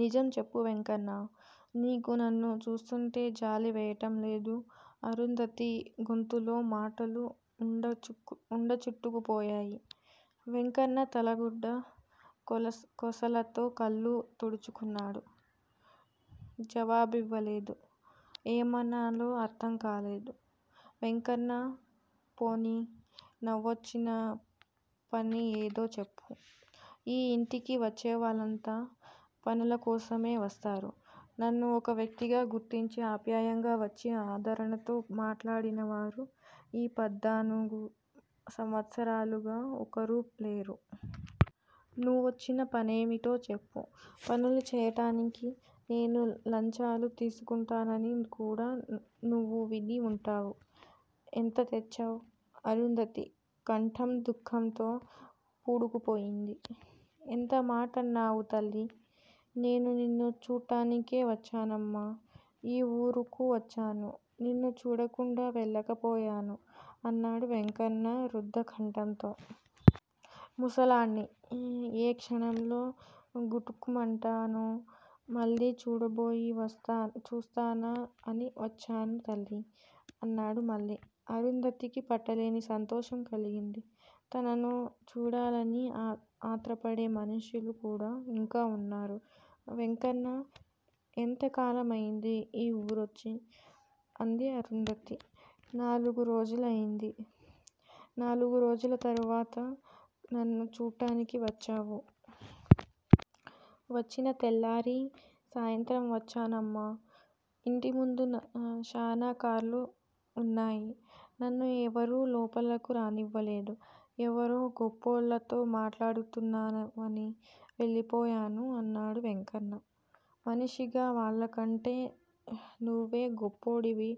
నిజం చెప్పు వెంకన్నా! నీకు నన్ను చూస్తూంటే జాలి వెయ్యటంలేదూ? అరుంధతి గొంతులో మాటలు ఉండచుట్టుకుపోయాయి. వెంకన్న తలగుడ్డ కొసలతో కళ్ళు తుడుచుకున్నాడు. జవాబివ్వలేదు. ఏమనాలో అర్ధంకాలేదు. వెంకన్నా! పోనియ్. నువ్వొచ్చిన పని ఏదో చెప్పు. ఈ ఇంటికి వచ్చేవాళ్ళంతా పనులకోసమే వస్తారు. నన్ను ఒక వ్యక్తిగా గుర్తించి, ఆప్యాయంగా వచ్చి ఆదరణతో మాట్లాడినవారు ఈ పద్దానుగు సంవత్సరాలుగా ఒక్కరూ లేరు. నువ్వొచ్చిన పనేమిటో చెప్పు. పనులు చెయ్యటానికి నేను లంచాలు తీసుకుంటానని కూడా నువ్వు విని ఉంటావు. ఎంత తెచ్చావు? అరుంధతి కంఠం దుఃఖంతో పూడుకుపోయింది. ఎంత మాటన్నావు తల్లీ! నేను నిన్ను చూట్టానికే వచ్చానమ్మా! ఈ వూరుకు వచ్చాను. నిన్ను చూడకుండా వెళ్ళలేకపోయాను అన్నాడు వెంకన్న రుద్ధకంఠంతో. ముసలాడ్ని! ఏ క్షణంలో గుటుక్కుమంటానో. మళ్ళీ చూడబోయి చూస్తానా అని వచ్చాను తల్లీ! అన్నాడు మళ్ళీ. అరుంధతికి పట్టలేని సంతోషం కలిగింది. తనను చూడాలని ఆత్రపడే మనుష్యులు కూడా ఇంకా ఉన్నారు! వెంకన్నా! ఎంత కాలమయింది ఈ వూరొచ్చి? అంది అరుంధతి. నాలుగు రోజులయింది. నాలుగు రోజుల తరవాతా నన్ను చూట్టానికి వచ్చావు? వచ్చిన తెల్లారీ, సాయంత్రం వచ్చానమ్మా! ఇంటిముందు శానా కార్లు ఉన్నాయి. నన్ను ఎవరూ లోపలకు రానియ్యలేదు. ఎవరో గొప్పోళ్ళతో మాట్లాడుతున్నావని వెళ్ళిపోయాను అన్నాడు వెంకన్న. మనిషిగా వాళ్ళకంటే నువ్వే గొప్పోడివి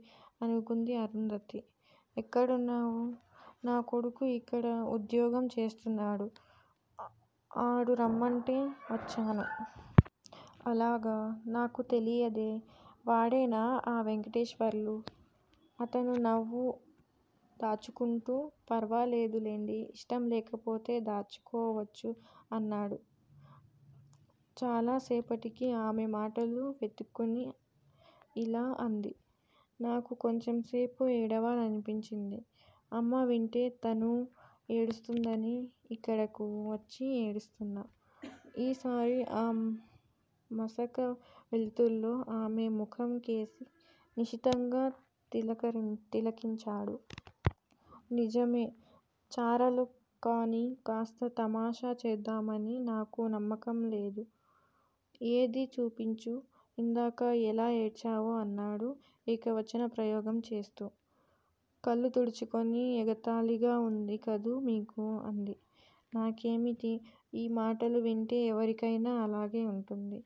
అనుకుంది అరుంధతి. ఎక్కడున్నావు? నా కొడుకు ఇక్కడ ఉద్యోగం చేస్తున్నాడు. ఆడు రమ్మంటే వచ్చాను. అలాగా! నాకు తెలియదే? వాడేనా ఆ వెంకటేశ్వర్లు? అతను నవ్వు దాచుకుంటూ ఫర్వాలేదు ఇష్టం లేకపోతే దాచుకోవచ్చు అన్నాడు. చాలా సేపటికి ఆమె మాటలు వెతుక్కుని యిలా అంది. నాకు కొంచెంసేపు ఏడవాలనిపించింది. అమ్మ వింటే తనూ ఏడుస్తుందని యిక్కడకు వచ్చి ఏడుస్తున్నా. ఈసారి ఆ మసక వెల్తుర్లో ఆమె ముఖంకేసి నిశితంగా తిలకించాడు. నిజమే! చారలు కానీ కాస్త తమాషా చేద్దామని నాకు నమ్మకంలేదు. ఏదీ చూపించు, ఇందాక ఎలా ఏడ్చావో అన్నాడు ఏకవచన ప్రయోగం చేస్తూ. కళ్ళు తుడుచుకుని ఎగతాళిగా వుంది కదూ మీకు? అంది. నాకేమిటి, యీ మాటలు వింటే ఎవరికైనా అలాగే వుంటుంది.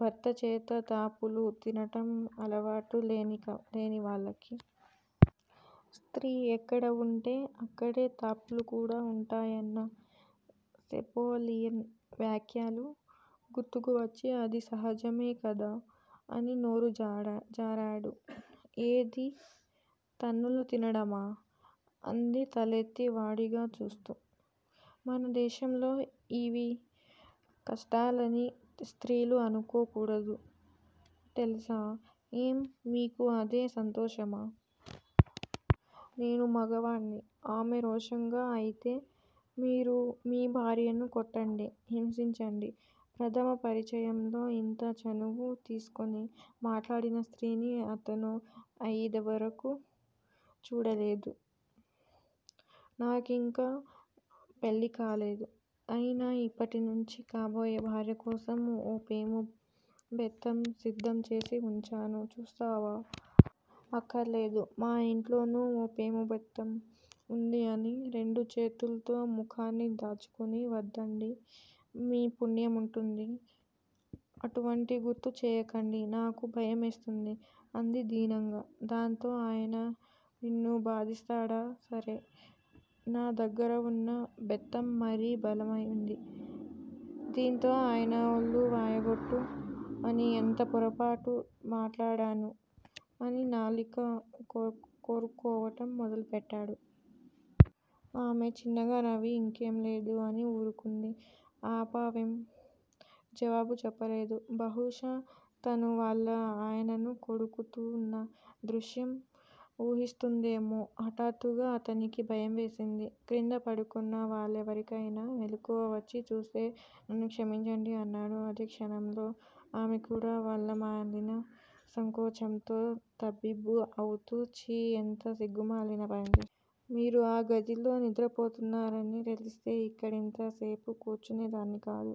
భర్తచేత తాపులు తినటం అలవాటు లేనివాళ్ళకు. స్త్రీ ఎక్కడవుంటే అక్కడే తాపులు కూడా వుంటాయన్న నెపోలియన్ వాక్యాలు గుర్తుకు వచ్చి అది సహజమే కదా? అని నోరు జారాడు. ఏదీ? తన్నులు తినడమా? అంది తలెత్తి వాడిగా చూస్తూ. మన దేశంలో యివి కష్టాలని స్త్రీలు అనుకోకూడదు తెలుసా? ఏం? మీకూ అదే సంతోషమా? నేను మగవాడ్ని. ఆమె రోషంగా అయితే మీరు మీ భార్యను కొట్టండి, హింసించండి. ప్రధమ పరిచయంలో యింత చనువు తీస్కుని మాట్లాడిన స్త్రీని అతను యిదివరకు చూడలేదు. నాకింకా పెళ్ళికాలేదు. అయినా యిప్పటి నుంచీ కాబోయే భార్యకోసం ఓ పేముబెత్తం సిద్దం చేసి వుంచాను. చూస్తావా? అక్కర్లేదు. మా యింట్లోనూ ఓ పేముబెత్తం వుంది అని, రెండు చేతుల్తో ముఖాన్ని దాచుకుని వద్దండీ, మీకు పుణ్యముంటుంది. అటువంటివి గుర్తు చేయకండి. నాకు భయమేస్తుంది. అంది దీనంగా. దాంతో ఆయన నిన్ను బాధిస్తాడా? సరే. నా దగ్గరవున్న బెత్తం మరీ బలమైంది. దీంతో ఆయన ఒళ్ళు వాయగొట్టు అని ఎంత పొరపాటు మాట్లాడానూ అని నాలిక కొరుక్కోవటం మొదలుపెట్టాడు. ఆమె చిన్నగా నవ్వి ఇంకేం లేదు అని ఊరుకుంది. ఆపావేం? జవాబు చెప్పలేదు. బహుశా తను వాళ్ళ ఆయనను కొడుతూన్న దృశ్యం ఊహిస్తోందేమో హఠాత్తుగా అతనికి భయంవేసింది క్రింద పడుకున్న వాళ్ళెవరికైనా మెలకువ వచ్చి చూస్తే? నన్ను క్షమించండి అన్నాడు. అదే క్షణంలో ఆమె కూడా వల్లమాలిన సంకోచంతో తబ్బిబ్బు అవుతూ ఛీ ఎంత సిగ్గుమాలిన పనిచేశాను? మీరు ఆ గదిలో నిద్రపోతున్నారని తెలిస్తే యిక్కడింత సేపు కూర్చునే దాన్ని కాదు.